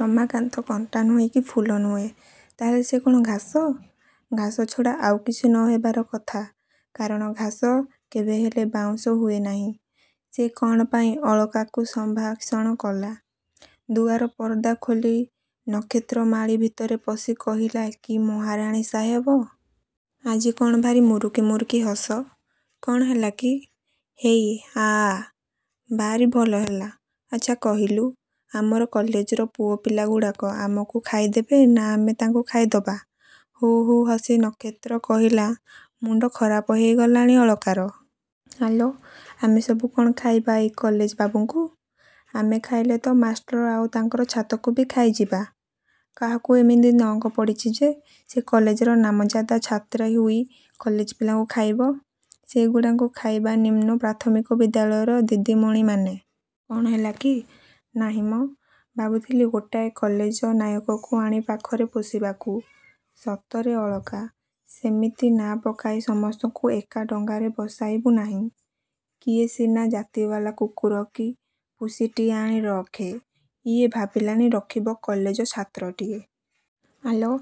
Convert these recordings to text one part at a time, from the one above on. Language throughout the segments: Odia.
ରମାକାନ୍ତ କଣ୍ଟା ନୁହେଁ କି ଫୁଲ ନୁହେଁ। –ତାହାହେଲେ ସେ କ'ଣ ଘାସ? –ଘାସ ଛଡ଼ା ଆଉ କିଛି ନ ହେବାର କଥା। କାରଣ ଘାସ କେବେହେଲେ ବାଉଁଶ ହୁଏ ନାହିଁ। ସେ କ'ଣ ପାଇଁ ଅଳକାକୁ ସମ୍ଭାଷଣ କଲା? ଦୁଆର ପରଦା ଖୋଲି ନକ୍ଷତ୍ରମାଳୀ ଭିତରେ ପଶି କହିଲା–କି ମହାରାଣୀ ସାହେବ। ଆଜି କ'ଣ ଭାରି ମୁରୁକି ମୁରୁକି ହସ? –କ'ଣ ହେଲା କି? –ହେଇ ଆ–ଆ। ଭାରି ଭଲ ହେଲା। ଆଛା କହିଲୁ ଆମର କଲେଜର ପୁଅ ପିଲାଗୁଡ଼ାକ ଆମକୁ ଖାଇଦେବେ ନା ଆମେ ତାଙ୍କୁ ଖାଇଦବା? ହୋ ହୋ ହସି ନକ୍ଷତ୍ର କହିଲା–ମୁଣ୍ଡ ଖରାପ ହୋଇଗଲାଣି ଅଳକାର? ଆଲୋ, ଆମେ ସବୁ କ'ଣ ଖାଇବା ଏଇ କଲେଜ ବାବୁଙ୍କୁ? –ଆମେ ଖାଇଲେ ତ ମାଷ୍ଟ୍ର ଆଉ ତାଙ୍କର ଛାତକୁ ବି ଖାଇଯିବା? –କାହାକୁ ଏମିତି ନଅଙ୍କ ପଡ଼ିଛି ଯେ ସେ କଲେଜର ନାମଯାଦା ଛାତ୍ରୀ ହୋଇ କଲେଜ ପିଲାଙ୍କୁ ଖାଇବ? ସେଗୁଡ଼ାଙ୍କୁ ଖାଇବେ ନିମ୍ନ ପ୍ରାଥମିକ ବିଦ୍ୟାଳୟର ଦିଦିମଣିମାନେ। କ'ଣ ହେଲା କି? –ନାହିଁ ମ। ଭାବୁଥିଲି ଗୋଟାଏ କଲେଜ ନାୟକକୁ ଆଣି ପାଖରେ ପୋଷିବାକୁ। –ସତରେ ଅଳକା, ସେମିତି ନାଁ ପକାଇ ସମସ୍ତଙ୍କୁ ଏକା ଡଙ୍ଗାରେ ବସାଇବୁ ନାହିଁ। କିଏ ସିନା ଜାତିବାଲା କୁକୁର କି ପୁସିଟିଏ ଆଣି ରଖେ। ଇଏ ଭାବିଲାଣି ରଖିବ କଲେଜ ଛାତ୍ରଟିଏ-। ଆଲୋ,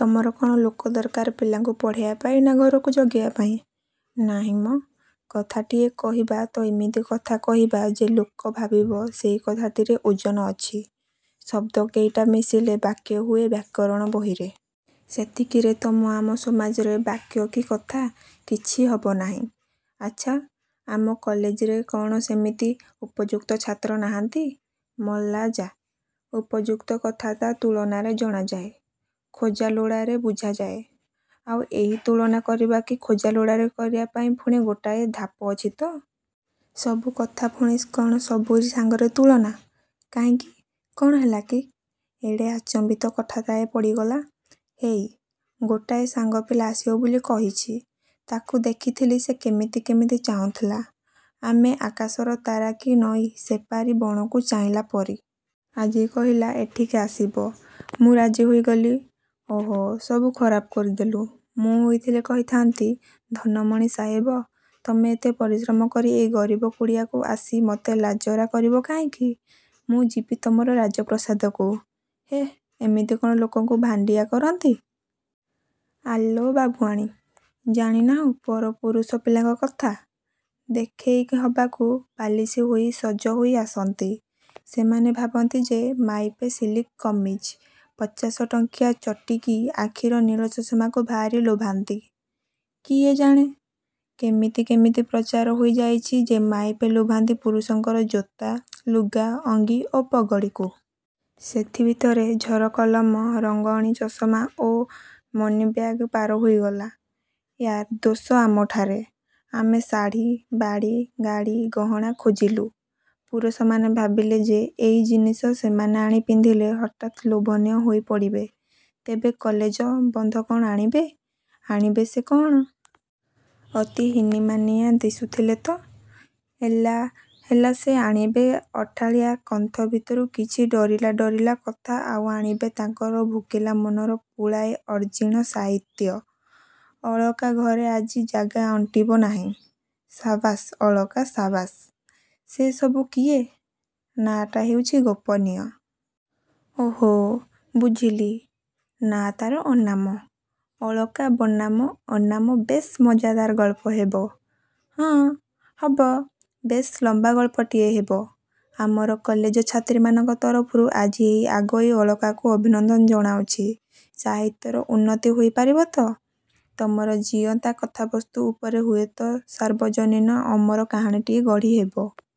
ତମର କ'ଣ ଲୋକ ଦରକାର ପିଲାଙ୍କୁ ପଢ଼ାଇବା ପାଇଁ ନା ଘରକୁ ଜଗିବା ପାଇଁ-? –ନାହିଁ ମ। –କଥାଟିଏ କହିବା ତ ଏମିତି କଥା କହିବା ଯେ ଲୋକ ଭାବିବ ସେଇ କଥାଟିରେ ଓଜନ ଅଛି। ଶବ୍ଦ କେଇଟା ମିଶିଲେ ବାକ୍ୟ ହୁଏ ବ୍ୟାକରଣ ବହିରେ। ସେତିକିରେ ତମ ଆମ ସମାଜରେ ବାକ୍ୟ କି କଥା, କିଛି ହବ ନାହିଁ। –ଆଛା, ଆମ କଲେଜରେ କ'ଣ ସେମିତି ଉପଯୁକ୍ତ ଛାତ୍ର ନାହାନ୍ତି? –ମଲା ଯା। ଉପଯୁକ୍ତ କଥାଟା ତୁଳନାରେ ଜଣାଯାଏ। ଖୋଜା ଲୋଡ଼ାରେ ବୁଝାଯାଏ-। ଆଉ ଏହି ତୁଳନା କରିବା କି ଖୋଜାଲୋଡ଼ାରେ କରିବା ପାଇଁ ପୁଣି ଗୋଟାଏ ଧାପ ଅଛି ତ-। ସବୁ କଥା ପୁଣି କ'ଣ ସବୁରି ସାଙ୍ଗରେ ତୁଳନା? କାହିଁକି, କଣ ହେଲାକି? ଏଡ଼େ ଆଚମ୍ୱିତ କଥାଟାଏ ପଡ଼ିଗଲା? –ହେଇ, ଗୋଟାଏ ସାଙ୍ଗପିଲା ଆସିବ ବୋଲି କହିଛି। ତା'କୁ ଦେଖିଥିଲି ସେ କେମିତି କେମିତି ଚାହୁଁଥିଲା–ଆମେ ଆକାଶର ତାରା କି ନଈ ସେପାରି ବଣକୁ ଚାହିଁଲା ପରି। ଆଜି କହିଲା–ଏଠିକି ଆସିବ। ମୁଁ ରାଜି ହୋଇଗଲି। ଓଃ, ସବୁ ଖରାପ କରିଦେଲୁ। ମୁଁ ହୋଇଥିଲେ କହିଥା'ନ୍ତି–ଧନମଣି ସାହେବ, ତମେ ଏତେ ପରିଶ୍ରମ କରି ଏଇ ଗରିବ କୁଡ଼ିଆକୁ ଆସି ମତେ ଲାଜରା କରିବ କାହିଁକି? ମୁଁ ଯିବି ତମର ରାଜପ୍ରାସାଦକୁ। –ହେଃ, ଏମିତି କ'ଣ ଲୋକଙ୍କୁ ଭାଣ୍ଡିଆ କରନ୍ତି? –ଆଲୋ ବାବୁଆଣୀ। ଜାଣିନାହୁଁ ପରପୁରୁଷ ପିଲାଙ୍କ କଥା। ଦେଖେଇ ହବାକୁ ପାଲିସ୍ ହୋଇ ସଜ ହୋଇ ଆସନ୍ତି। ସେମାନେ ଭାବନ୍ତି ଯେ ମାଇପେ ସିଲକ୍ କମିଜ, ପଚାଶ ଟଙ୍କିଆ ଚଟି କି ଆଖିର ନୀଳ ଚଷମାକୁ ଭାରି ଲୋଭାନ୍ତି। –କିଏ ଜାଣେ? କେମିତି କେମିତି ପ୍ରଚାର ହୋଇଯାଇଛି ଯେ ମାଇପେ ଲୋଭାନ୍ତି ପୁରୁଷଙ୍କର ଜୋତା, ଲୁଗା, ଅଙ୍ଗୀ ଓ ପଗଡ଼ିକୁ। ସେଥିଭିତରେ ଝରକଲମ, ରଙ୍ଗଣୀ ଚଷମା ଓ ମନିବ୍ୟାଗ ପାର ହୋଇଗଲା। –ୟା'ର ଦୋଷ ଆମଠାରେ। ଆମେ ଶାଢ଼ୀ, ବାଡ଼ି, ଗାଡ଼ି, ଗହଣା ଖୋଜିଲୁ। ପୁରୁଷମାନେ ଭାବିଲେ ଯେ, ଏଇ ଜିନିଷ ସେମାନେ ଆଣି ପିନ୍ଧିଲେ ହଠାତ୍ ଲୋଭନୀୟ ହୋଇପଡ଼ିବେ। ତେବେ କଲେଜ–ବନ୍ଧ କ'ଣ ଆଣିବେ? –ଆଣିବେ ସେ କ'ଣ? ଅତି ହୀନିମାନିଆ ଦିଶୁଥିଲେ ତ। –ହେଲା–ହେଲା ସେ ଆଣିବେ ଅଠାଳିଆ କଣ୍ଠ ଭିତରୁ କିଛି ଡରିଲା ଡରିଲା କଥା ଆଉ ଆଣିବେ ତାଙ୍କର ଭୋକିଲା ମନର ପୁଳାଏ ଅଜୀର୍ଣ୍ଣ ସାହିତ୍ୟ... ଅଳକା ଘରେ ଆଜି ଜାଗା ଅଣ୍ଟିବ ନାହିଁ। ସାବାସ୍–ଅଳକା–ସାବାସ୍। ସେ ସବୁ କିଏ? –ନାଁ ଟା ହେଉଛି ଗୋପନୀୟ। –ଓଃ, ବୁଝିଲି। ନାଁ ତାର ଅନାମ। ଅଳକା ବନାମ ଅନାମ–ବେଶ୍ ମଜ୍ଜାଦାର ଗଳ୍ପ ହେବ। –ହଁ, ହବ, ବେଶ୍ ଲମ୍ୱା ଗଳ୍ପଟିଏ ହେବ। –ଆମର କଲେଜ ଛାତ୍ରୀମାନଙ୍କ ତରଫରୁ ଆଜି ଏହି ଆଗୋଇ ଅଳକାକୁ ଅଭିନନ୍ଦନ ଜଣାଉଛି। ସାହିତ୍ୟର ଉନ୍ନତି ହୋଇ ପାରିବ ତ। ତମର ଜୀଅନ୍ତା କଥାବସ୍ତୁ ଉପରେ ହୁଏତ ସାର୍ବଜନୀନ ଅମର କାହାଣୀଟିଏ ଗଢ଼ି ହେବ।